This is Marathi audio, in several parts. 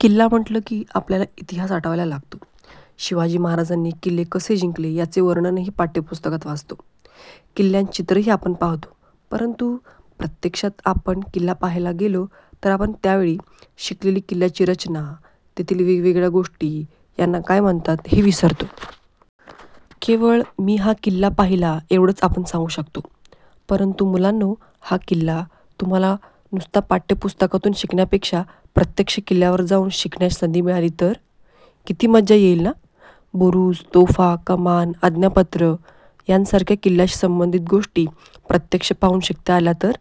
किल्ला म्हटलं की आपल्याला इतिहास आठवायला लागतो. शिवाजी महाराजांनी किल्ले कसे जिंकले याचे वर्णनही पाठ्यपुस्तकात वाचतो, किल्ल्यांची चित्रंही आपण पाहतो. परंतु प्रत्यक्षात आपण किल्ला पाहायला गेलो तर आपण त्यावेळी शिकलेली किल्ल्याची रचना, तेथील वेगवेगळ्या गोष्टी यांना काय म्हणतात हे विसरतो. केवळ मी हा किल्ला पाहिला एवढंच आपण सांगू शकतो. परंतु मुलांनो, हा किल्ला तुम्हाला नुसता पाठ्यपुस्तकातून शिकण्यापेक्षा प्रत्यक्ष किल्ल्यावर जाऊन शिकण्याची संधी मिळाली तर, किती मजा येईल ना? बुरुज, तोफा, कमान, आज्ञापत्र यांसारख्या किल्ल्याशी संबंधित गोष्टी प्रत्यक्ष पाहून शिकता आल्या तर,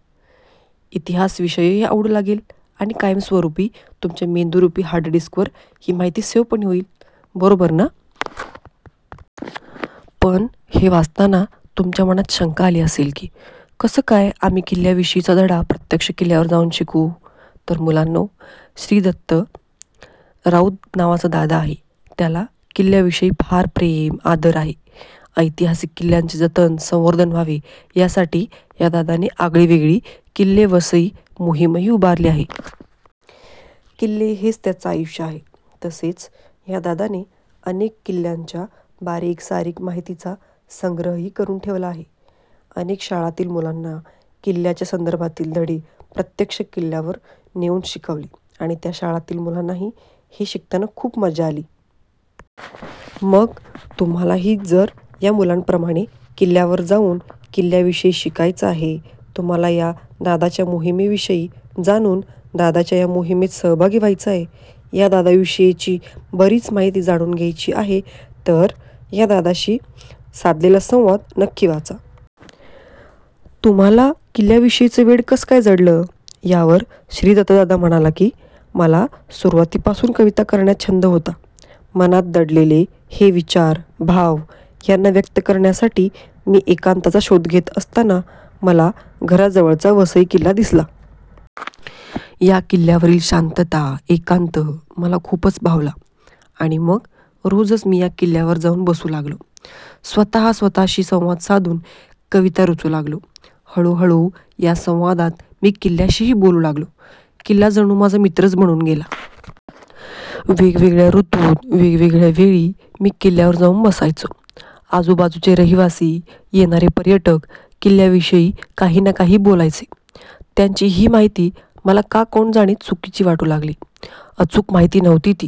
इतिहास विषयही आवडू लागेल आणि कायमस्वरूपी तुमच्या मेंदुरूपी हार्डडिस्कवर ही माहिती सेव्ह पण होईल, बरोबर ना? पण हे वाचताना तुमच्या मनात शंका आली असेल की, कसं काय आम्ही किल्ल्याविषयीचा धडा प्रत्यक्ष किल्ल्यावर जाऊन शिकू? तर मुलांनो, श्रीदत्त राऊत नावाचा दादा आहे. त्याला किल्ल्याविषयी फार प्रेम, आदर आहे. ऐतिहासिक किल्ल्यांचे जतन संवर्धन व्हावे यासाठी या दादाने आगळीवेगळी किल्ले वसई मोहीमही उभारली आहे. किल्ले हेच त्याचं आयुष्य आहे. तसेच या दादाने अनेक किल्ल्यांच्या बारीकसारीक माहितीचा संग्रहही करून ठेवला आहे. अनेक शाळांतील मुलांना किल्ल्याच्या संदर्भातील धडे प्रत्यक्ष किल्ल्यावर नेऊन शिकवले आणि त्या शाळांतील मुलांनाही हे शिकताना खूप मजा आली. मग तुम्हालाही जर या मुलांप्रमाणे किल्ल्यावर जाऊन किल्ल्याविषयी शिकायचं आहे, तुम्हाला या दादाच्या मोहिमेविषयी जाणून दादाच्या या मोहिमेत सहभागी व्हायचं आहे, या दादाविषयीची बरीच माहिती जाणून घ्यायची आहे तर या दादाशी साधलेला संवाद नक्की वाचा. तुम्हाला किल्ल्याविषयीचं वेड कसं काय जडलं? यावर श्रीदत्त दादा म्हणाला की, मला सुरुवातीपासून कविता करण्याचा छंद होता. मनात दडलेले हे विचार, भाव यांना व्यक्त करण्यासाठी मी एकांताचा शोध घेत असताना मला घराजवळचा वसई किल्ला दिसला. या किल्ल्यावरील शांतता, एकांत मला खूपच भावला आणि मग रोजच मी या किल्ल्यावर जाऊन बसू लागलो. स्वतः स्वतःशी संवाद साधून कविता रचू लागलो. हळूहळू या संवादात मी किल्ल्याशीही बोलू लागलो. किल्ला जणू माझा मित्रच बनून गेला. वेगवेगळ्या ऋतूत, वेगवेगळ्या वेळी मी किल्ल्यावर जाऊन बसायचो. आजूबाजूचे रहिवासी, येणारे पर्यटक किल्ल्याविषयी काही ना काही बोलायचे. त्यांची ही माहिती मला का कोण जाणे चुकीची वाटू लागली. अचूक माहिती नव्हती ती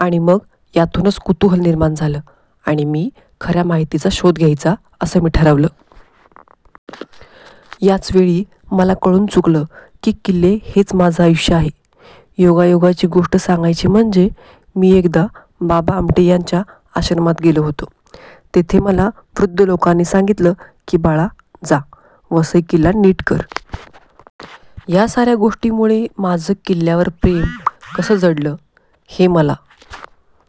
आणि मग यातूनच कुतूहल निर्माण झालं आणि मी खऱ्या माहितीचा शोध घ्यायचा असं मी ठरवलं. याच वेळी मला कळून चुकलं की किल्ले हेच माझं आयुष्य आहे. योगायोगाची गोष्ट सांगायची म्हणजे मी एकदा बाबा आमटे यांच्या आश्रमात गेलो होतो. तेथे मला वृद्ध लोकांनी सांगितलं की बाळा जा वसई किल्ला नीट कर. या साऱ्या गोष्टीमुळे माझं किल्ल्यावर प्रेम कसं जडलं हे मला